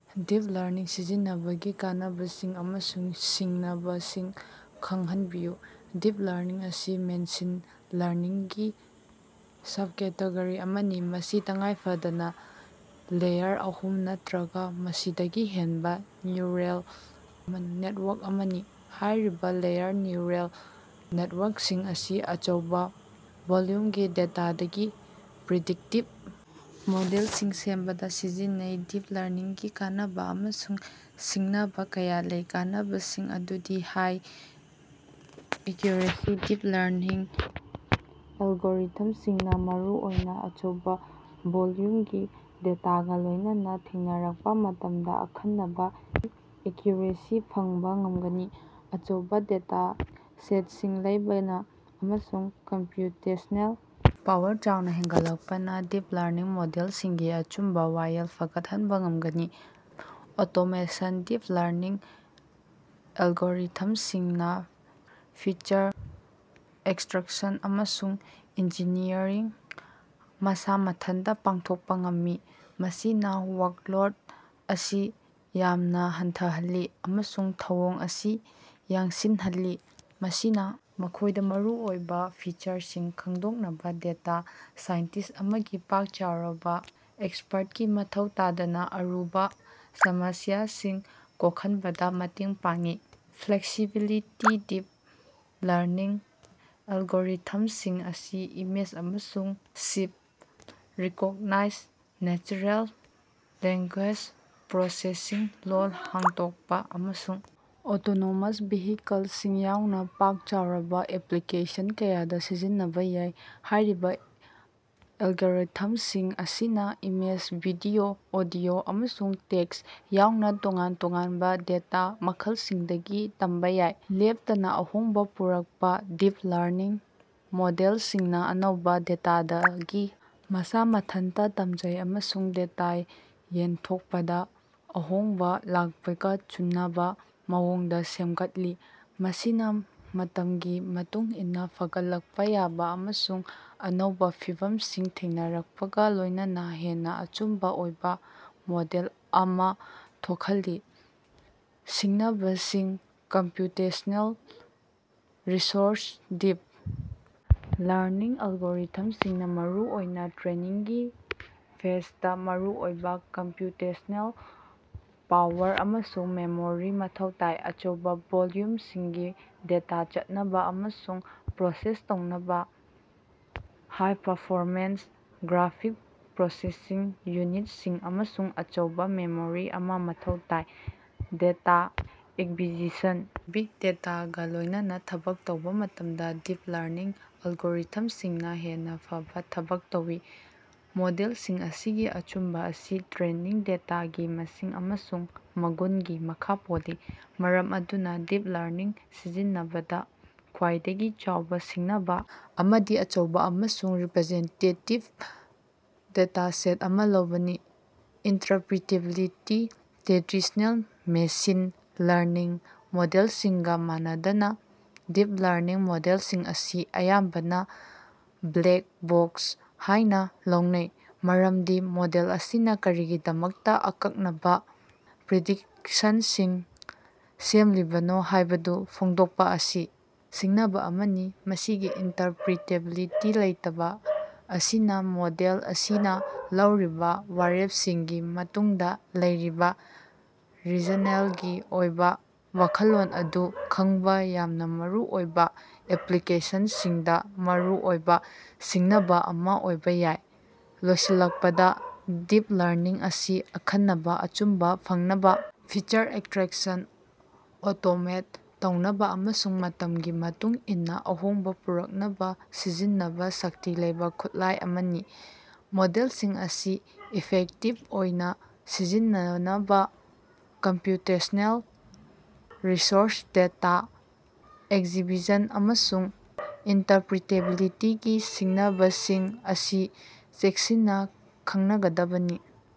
Deep learning ꯁꯤꯖꯤꯟꯅꯕꯒꯤ ꯀꯥꯟꯅꯕꯁꯤꯡ ꯑꯃꯁꯨꯡ ꯁꯤꯡꯅꯕꯁꯤꯡ ꯈꯪꯍꯟꯕꯤꯌꯨ꯫ ꯗꯤꯞ ꯂꯔꯅꯤꯡ ꯑꯁꯤ ꯃꯦꯁꯤꯟ ꯂꯔꯅꯤꯡꯒꯤ ꯁꯕꯀꯦꯇꯦꯒꯣꯔꯤ ꯑꯃꯅꯤ, ꯃꯁꯤ ꯇꯉꯥꯏꯐꯗꯅꯥ ꯂꯦꯌꯔ ꯑꯍꯨꯝ ꯅꯠꯇꯔꯒ ꯃꯁꯤꯗꯒꯤ ꯍꯦꯟꯕ ꯅ꯭ꯌꯨꯔꯦꯜ ꯅꯦꯠꯋꯥꯔꯛ ꯑꯃꯅꯤ꯫ ꯍꯥꯏꯔꯤꯕ ꯂꯦꯌꯔ ꯅ꯭ꯌꯨꯔꯦꯜ ꯅꯦꯠꯋꯥꯔꯛꯁꯤꯡ ꯑꯁꯤ ꯑꯆꯧꯕ ꯚꯣꯂ꯭ꯌꯨꯝꯒꯤ ꯗꯦꯇꯥꯗꯒꯤ ꯄ꯭ꯔꯤꯗꯤꯛꯇꯤꯚ ꯃꯣꯗꯦꯜꯁꯤꯡ ꯁꯦꯝꯕꯗꯥ ꯁꯤꯖꯤꯟꯅꯩ꯫ ꯗꯤꯞ ꯂꯔꯅꯤꯡꯒꯤ ꯀꯥꯟꯅꯕꯥ ꯑꯃꯁꯨꯡ ꯁꯤꯡꯅꯕ ꯀꯌꯥ ꯂꯩ꯫ ꯀꯥꯟꯅꯕꯁꯤꯡ ꯑꯗꯨꯗꯤ, ꯍꯥꯏ ꯑꯦꯀ꯭ꯌꯨꯔꯦꯁꯤ -ꯗꯤꯞ ꯂꯔꯅꯤꯡ ꯑꯦꯜꯒꯣꯔꯤꯊꯝꯁꯤꯡꯅ ꯃꯔꯨꯑꯣꯏꯅ ꯑꯆꯧꯕ ꯚꯣꯂ꯭ꯌꯨꯝꯒꯤ ꯗꯦꯇꯥꯒ ꯂꯣꯏꯅꯅꯥ ꯊꯦꯡꯅꯔꯛꯄ ꯃꯇꯝꯗ ꯑꯈꯟꯅꯕ ꯑꯦꯀ꯭ꯌꯨꯔꯦꯁꯤ ꯐꯪꯕ ꯉꯝꯒꯅꯤ꯫ ꯑꯆꯧꯕ ꯗꯦꯇꯥꯁꯦꯠꯁꯤꯡ ꯂꯩꯕꯅ ꯑꯃꯁꯨꯡ ꯀꯝꯄ꯭ꯌꯨꯇꯦꯁ꯭ꯅꯦꯜ ꯄꯥꯋꯔꯗ ꯆꯥꯎꯅ ꯍꯦꯟꯒꯠꯂꯛꯄꯅ ꯗꯤꯞ ꯂꯔꯅꯤꯡ ꯃꯣꯗꯦꯜꯁꯤꯡꯒꯤ ꯑꯆꯨꯝꯕ ꯋꯥꯌꯦꯜ ꯐꯒꯠꯍꯟꯕ ꯉꯝꯒꯅꯤ꯫ ꯑꯣꯇꯣꯃꯦꯁꯟ - ꯗꯤꯞ ꯂꯔꯅꯤꯡ ꯑꯦꯜꯒꯣꯔꯤꯊꯝꯁꯤꯡꯅ ꯐꯤꯆꯔ ꯑꯦꯛꯁꯇ꯭ꯔꯥꯛꯁꯟ ꯑꯃꯁꯨꯡ ꯏꯟꯖꯤꯅꯤꯌꯔꯤꯡ ꯃꯁꯥ ꯃꯊꯟꯇ ꯄꯥꯡꯊꯣꯛꯄ ꯉꯝꯃꯤ, ꯃꯁꯤꯅ ꯋꯥ꯭ꯔꯛꯂꯣꯗ ꯑꯁꯤ ꯌꯥꯝꯅ ꯍꯟꯊꯍꯜꯂꯤ ꯑꯃꯁꯨꯡ ꯊꯧꯑꯣꯡ ꯑꯁꯤ ꯌꯥꯡꯁꯤꯜꯍꯜꯂꯤ꯫ ꯃꯁꯤꯅ ꯃꯈꯣꯏꯗ ꯃꯔꯨꯑꯣꯏꯕ ꯐꯤꯆꯔꯁꯤꯡ ꯈꯪꯗꯣꯛꯅꯕꯥ ꯗꯦꯇꯥ ꯁꯥꯏꯟꯇꯤꯁ꯭ꯠ ꯑꯃꯒꯤ ꯄꯥꯛ ꯆꯥꯎꯔꯕ ꯑꯦꯛꯁꯄ꯭ꯔꯠꯀꯤ ꯃꯊꯧ ꯇꯥꯗꯅ ꯑꯔꯨꯕ ꯁꯃꯁ꯭ꯌꯥꯁꯤꯡ ꯀꯣꯛꯍꯟꯕꯗ ꯃꯇꯦꯡ ꯄꯥꯡꯏ꯫ ꯐ꯭ꯂꯦꯛꯁꯤꯕꯤꯂꯤꯇꯤ - ꯗꯤꯞ ꯂꯔꯅꯤꯡ ꯑꯦꯜꯒꯣꯔꯤꯊꯝꯁꯤꯡ ꯑꯁꯤ ꯏꯃꯦꯖ ꯑꯃꯁꯨꯡ speech recognition, natural language processing ꯂꯣꯜ ꯍꯟꯗꯣꯛꯄ, ꯑꯃꯁꯨꯡ ꯑꯣꯇꯣꯅꯣꯃꯁ ꯚꯦꯍꯤꯀꯜꯁꯤꯡ ꯌꯥꯎꯅ ꯄꯥꯛ ꯆꯥꯎꯔꯕ ꯑꯦꯄ꯭ꯂꯤꯀꯦꯁꯟ ꯀꯌꯥꯗ ꯁꯤꯖꯤꯟꯅꯕꯥ ꯌꯥꯏ꯫ ꯍꯥꯏꯔꯤꯕ ꯑꯦꯜꯒꯣꯔꯤꯊꯝꯁꯤꯡ ꯑꯁꯤꯅ ꯏꯃꯦꯖ, ꯚꯤꯗꯤꯑꯣ, ꯑꯣꯗꯤꯑꯣ, ꯑꯃꯁꯨꯡ ꯇꯦꯛꯁ ꯌꯥꯎꯅ ꯇꯣꯉꯥꯟ ꯇꯣꯉꯥꯟꯕ ꯗꯦꯇꯥ ꯃꯈꯜꯁꯤꯡꯗꯒꯤ ꯇꯝꯕꯥ ꯌꯥꯏ꯫ ꯂꯦꯞꯇꯅꯥ ꯑꯍꯣꯡꯕ ꯄꯨꯔꯛꯄ‌ - ꯗꯤꯞ ꯂꯔꯅꯤꯡ ꯃꯣꯗꯦꯜꯁꯤꯡꯅ ꯑꯅꯧꯕ ꯗꯦꯇꯥꯗꯒꯤ ꯃꯁꯥ ꯃꯊꯟꯇ ꯇꯝꯖꯩ ꯑꯃꯁꯨꯡ ꯗꯦꯇꯥ ꯌꯦꯟꯊꯣꯛꯄꯗ ꯑꯍꯣꯡꯕꯥ ꯂꯥꯛꯄꯒ ꯆꯨꯅꯕ‌ ꯃꯑꯣꯡꯗ ꯁꯦꯝꯒꯠꯂꯤ꯫ ꯃꯁꯤꯅ ꯃꯇꯝꯒꯤ ꯃꯇꯨꯡ ꯏꯟꯅ ꯐꯒꯠꯂꯛꯄ ꯌꯥꯕ ꯑꯃꯁꯨꯡ ꯑꯅꯧꯕ ꯐꯤꯚꯝꯁꯤꯡ ꯊꯦꯡꯅꯔꯛꯄꯒ ꯂꯣꯏꯅꯅꯥ ꯍꯦꯟꯅ ꯑꯆꯨꯝꯕ ꯑꯣꯏꯕ ꯃꯣꯗꯦꯜ ꯑꯃ ꯊꯣꯛꯍꯜꯂꯤ꯫ ꯁꯤꯡꯅꯕꯁꯤꯡ ,ꯀꯝꯄ꯭ꯌꯨꯇꯦꯁ꯭ꯅꯦꯜ ꯔꯤꯁꯣꯔꯁ - ꯗꯤꯞ ꯂꯔꯅꯤꯡ ꯑꯦꯜꯒꯣꯔꯤꯊꯝꯁꯤꯡꯅ ꯃꯔꯨꯑꯣꯏꯅ ꯇ꯭ꯔꯦꯅꯤꯡꯒꯤ ꯐꯦꯖꯗꯥ ꯃꯔꯨꯑꯣꯏꯕ ꯀꯝꯄ꯭ꯌꯨꯇꯦꯁꯅꯦꯜ ꯄꯥꯋꯔ ꯑꯃꯁꯨꯡ ꯃꯦꯃꯣꯔꯤ ꯃꯊꯧ ꯇꯥꯏ꯫ ꯑꯆꯧꯕ ꯚꯣꯂ꯭ꯌꯨꯝꯁꯤꯡꯒꯤ ꯗꯦꯇꯥ ꯆꯠꯅꯕ ꯑꯃꯁꯨꯡ ꯄ꯭ꯔꯣꯁꯦꯁ ꯇꯧꯅꯕ, ꯍꯥꯏ-ꯄꯥꯔꯐꯣꯔꯃꯦꯟꯁ ꯒ꯭ꯔꯥꯐꯤꯛ ꯄ꯭ꯔꯣꯁꯦꯁꯤꯡ ꯌꯨꯅꯤꯠ ꯁꯤꯡ ꯑꯃꯁꯨꯡ ꯑꯆꯧꯕ ꯃꯦꯃꯣꯔꯤ ꯑꯃ ꯃꯊꯧ ꯇꯥꯏ꯫ ꯗꯦꯇꯥ ꯑꯦꯛꯕꯤꯖꯤꯁꯟ - ꯕꯤꯒ ꯗꯦꯇꯥ ꯒꯥ ꯂꯣꯏꯅꯅꯥ ꯊꯕꯛ ꯇꯧꯕ‌ ꯃꯇꯝꯗ ꯗꯤꯞ ꯂꯔꯅꯤꯡ ꯑꯦꯜꯒꯣꯔꯤꯊꯝꯁꯤꯡꯅ ꯍꯦꯟꯅ ꯐꯕꯥ ꯊꯕꯛ ꯇꯧꯏ꯫ ꯃꯣꯗꯦꯜꯁꯤꯡ ꯑꯁꯤꯒꯤ ꯑꯆꯨꯝꯕ ꯑꯁꯤ ꯇ꯭ꯔꯦꯅꯤꯡ ꯗꯦꯇꯥꯒꯤ ꯃꯁꯤꯡ ꯑꯃꯁꯨꯡ ꯃꯒꯨꯟꯒꯤ ꯃꯈꯥ ꯄꯣꯜꯂꯤ꯫ ꯃꯔꯝ ꯑꯗꯨꯅ ꯗꯤꯞ ꯂꯔꯅꯤꯡ ꯁꯤꯖꯤꯟꯅꯕꯗ ꯈ꯭ꯋꯥꯏꯗꯒꯤ ꯆꯥꯎꯕ ꯁꯤꯡꯅꯕ ꯑꯃꯗꯤ ꯑꯆꯧꯕ ꯑꯃꯁꯨꯡ ꯔꯤꯄꯔꯖꯦꯟꯇꯦꯇꯤꯕ ꯗꯦꯇꯥꯁꯦꯠ ꯑꯃ ꯂꯧꯕꯅꯤ꯫ ꯏꯟꯇꯔꯄ꯭ꯔꯤꯇꯦꯕꯤꯂꯤꯇꯤ - ꯇ꯭ꯔꯦꯗꯤꯁ꯭ꯅꯦꯜ ꯃꯦꯁꯤꯟ ꯂꯔꯅꯤꯡ ꯃꯣꯗꯦꯜꯁꯤꯡꯒ ꯃꯥꯟꯅꯗꯅꯥ, ꯗꯤꯞ ꯂꯔꯅꯤꯡ ꯃꯣꯗꯦꯜꯁꯤꯡ ꯑꯁꯤ ꯑꯌꯥꯝꯕꯅ ꯕ꯭ꯂꯦꯛ ꯕꯣꯛꯁ ꯍꯥꯏꯅ ꯂꯧꯅꯩ ꯃꯔꯝꯗꯤ ꯃꯣꯗꯦꯜ ꯑꯁꯤꯅ ꯀꯔꯤꯒꯤꯗꯃꯛꯇ ꯑꯀꯛꯅꯕ ꯄ꯭ꯔꯤꯗꯤꯛꯁꯟꯁꯤꯡ ꯁꯦꯝꯂꯤꯕꯅꯣ ꯍꯥꯏꯕꯗꯨ ꯐꯣꯡꯗꯣꯛꯄ ꯑꯁꯤ ꯁꯤꯡꯅꯕꯥ ꯑꯃꯅꯤ꯫ ꯃꯁꯤꯒꯤ ꯏꯟꯇꯔꯄ꯭ꯔꯤꯇꯦꯕꯤꯂꯤꯇꯤ ꯂꯩꯇꯕꯥ ꯑꯁꯤꯅ ꯃꯣꯗꯦꯜ ꯑꯁꯤꯅ ꯂꯧꯔꯤꯕ ꯋꯥꯔꯦꯞꯁꯤꯡꯒꯤ ꯃꯇꯨꯡꯗ ꯂꯩꯔꯤꯕ ꯔꯤꯖꯅꯦꯜꯒꯤ ꯑꯣꯏꯕ ꯋꯥꯈꯜꯂꯣꯟ ꯑꯗꯨ ꯈꯪꯕ ꯌꯥꯝꯅ ꯃꯔꯨ ꯑꯣꯏꯕ ꯑꯦꯄ꯭ꯂꯤꯀꯦꯁꯟꯁꯤꯡꯗ ꯃꯔꯨꯑꯣꯏꯕ ꯁꯤꯡꯅꯕꯥ ꯑꯃ ꯑꯣꯏꯕ ꯌꯥꯏ꯫ ꯂꯣꯏꯁꯤꯜꯂꯛꯄꯗ, ꯗꯤꯞ ꯂꯔꯅꯤꯡ ꯑꯁꯤ ꯑꯈꯟꯅꯕ ꯑꯆꯨꯝꯕ ꯐꯪꯅꯕꯥ, ꯐꯤꯆꯔ ꯑꯦꯛꯁꯇ꯭ꯔꯦꯛꯁꯟ ꯑꯣꯇꯣꯃꯦꯠ ꯇꯧꯅꯕꯥ ꯑꯃꯁꯨꯡ ꯃꯇꯝꯒꯤ ꯃꯇꯨꯡ ꯏꯟꯅ ꯑꯍꯣꯡꯕ ꯄꯨꯔꯛꯅꯕ ꯁꯤꯖꯤꯟꯅꯕ ꯁꯛꯇꯤ ꯂꯩꯕ ꯈꯨꯠꯂꯥꯏ ꯑꯃꯅꯤ꯫ ꯃꯣꯗꯦꯜꯁꯤꯡ ꯑꯁꯤ ꯏꯐꯦꯛꯇꯤꯕ ꯑꯣꯏꯅ ꯁꯤꯖꯤꯟꯅꯅꯕꯥ ꯀꯝꯄ꯭ꯌꯨꯇꯦꯁ꯭ꯅꯦꯜ ꯔꯤꯁꯣꯔꯁ, ꯗꯦꯇꯥ ꯑꯦꯛꯖꯤꯕꯤꯁꯟ, ꯑꯃꯁꯨꯡ ꯏꯟꯇꯔꯄ꯭ꯔꯤꯇꯦꯕꯤꯂꯤꯇꯤꯒꯤ ꯁꯤꯡꯅꯕꯁꯤꯡ ꯑꯁꯤ ꯆꯦꯛꯁꯤꯟꯅ ꯈꯟꯅꯒꯗꯕꯅꯤ꯫